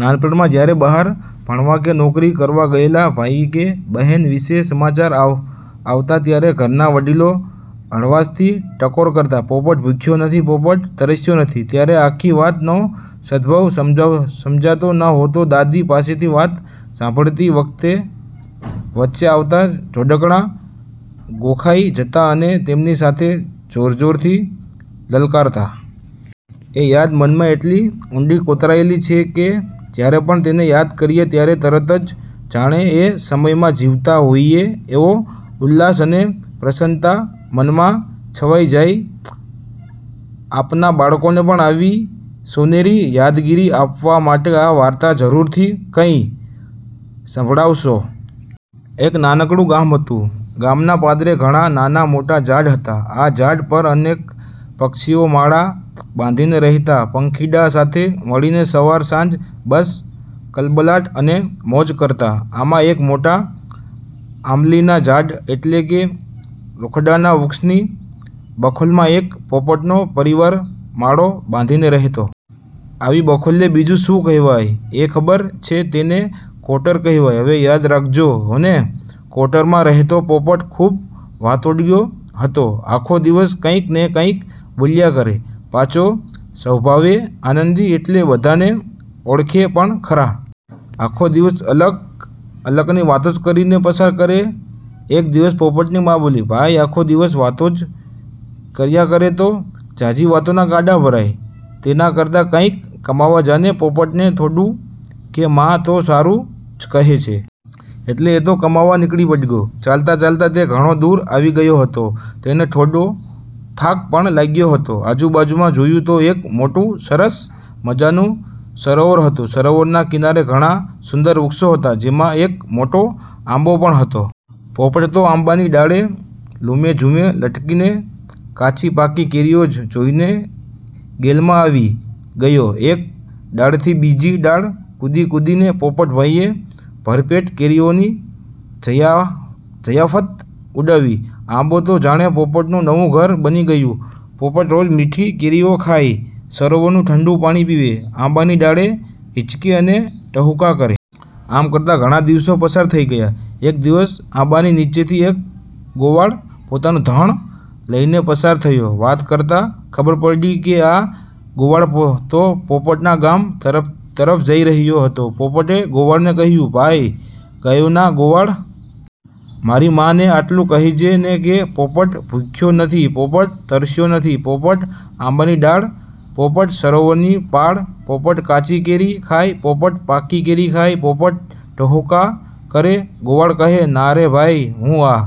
નાનપણમાં જ્યારે બહાર ભણવા કે નોકરી કરવા ગયેલા ભાઈ કે બહેન વિશે સમાચાર આવતા, ત્યારે ઘરના વડીલો હળવાશથી ટકોર કરતા, “પોપટ ભૂખ્યો નથી, પોપટ તરસ્યો નથી.” ત્યારે આખી વાતનો સંદર્ભ સમજાતો નહોતો. દાદી પાસેથી વાર્તા સાંભળતી વખતે વચ્ચે આવતા જોડકણાં ગોખાઈ જતા અને તેમની સાથે જોરજોરથી લલકારતા. એ યાદી મનમાં એટલી ઊંડી કોતરાયેલી છે કે જ્યારે પણ તેને યાદ કરીએ, ત્યારે તરત જ જાણે એ સમયમાં જીવતા હોઈએ એવો ઉલ્લાસ અને પ્રસન્નતા મનમાં છવાઈ જાય. આપના બાળકોને પણ આવી સોનેરી યાદગીરી આપવા માટે આ વાર્તા જરૂરથી કહી સંભળાવશો. એક નાનકડું ગામ હતું. ગામના પાદરે ઘણાં નાનાં-મોટાં ઝાડ હતાં. આ ઝાડ પર અનેક પક્ષીઓ માળા બાંધીને રહેતા. પંખીડાં સાથે મળીને સવાર-સાંજ બસ કલબલાટ અને મોજ કરતા. આમાં એક મોટા આમલીના ઝાડ એટલે કે રૂખડાના વૃક્ષની બખોલમાં એક પોપટનો પરિવાર માળો બાંધીને રહેતો. આવી બખોલને બીજું શું કહેવાય એ ખબર છે? તેને “કોટર” કહેવાય. હવે યાદ રાખજો હોં ને! કોટરમાં રહેતો પોપટ ખૂબ વાતોડિયો હતો. આખો દિવસ કંઈક ને કંઈક બોલ્યા કરે. પાછો સ્વભાવે આનંદી, એટલે બધા તેને ઓળખે પણ ખરા. આખો દિવસ અલક-મલકની વાતો કરીને પસાર કરે. એક દિવસ પોપટની મા બોલી, “ભાઈ, આખો દિવસ વાતો જ કર્યા કરે તો? ઝાઝી વાતોનાં ગાડાં ભરાય તેના કરતાં કંઈક કમાવા જા ને!” પોપટને થયું કે મા તો સાચું જ કહે છે. એટલે એ તો કમાવા નીકળી પડ્યો. ચાલતાં-ચાલતાં તે ઘણો દૂર આવી ગયો. હવે તેને થોડો થાક પણ લાગ્યો હતો. આજુબાજુમાં જોયું તો એક મોટું, સરસ મજાનું સરોવર હતું. સરોવરના કિનારે ઘણાં સુંદર વૃક્ષો હતાં, જેમાં એક મોટો આંબો પણ હતો. પોપટ તો આંબાની ડાળે લૂમેઝૂમે લટકતી કાચી-પાકી કેરીઓ જોઈને ગેલમાં આવી ગયો. એક ડાળથી બીજી ડાળ કૂદી-કૂદીને પોપટભાઈએ ભરપેટ કેરીઓની જયાફત ઉડાવી. આંબો તો જાણે પોપટનું નવું ઘર બની ગયો. પોપટ રોજ મીઠી કેરીઓ ખાય, સરોવરનું ઠંડું પાણી પીવે, આંબાની ડાળે હિંચકે અને ટહુકા કરે. આમ કરતાં ઘણાં દિવસો પસાર થઈ ગયા. એક દિવસ આંબાની નીચેથી એક ગોવાળ પોતાનું ધણ લઈને પસાર થયો. વાત કરતાં ખબર પડી કે આ ગોવાળ તો પોપટના ગામ તરફ જઈ રહ્યો હતો. પોપટે ગોવાળને કહ્યું, “ભાઈ ગાયોના ગોવાળ! મારી મા ને આટલું કહેજે ને કે, ‘પોપટ ભૂખ્યો નથી, પોપટ તરસ્યો નથી, પોપટ આંબાની ડાળ, પોપટ સરોવરની પાળ. પોપટ કાચી કેરી ખાય, પોપટ પાકી કેરી ખાય, પોપટ ટહૂકા કરે!’” ગોવાળ કહે, “ના રે ભાઈ, હું આ...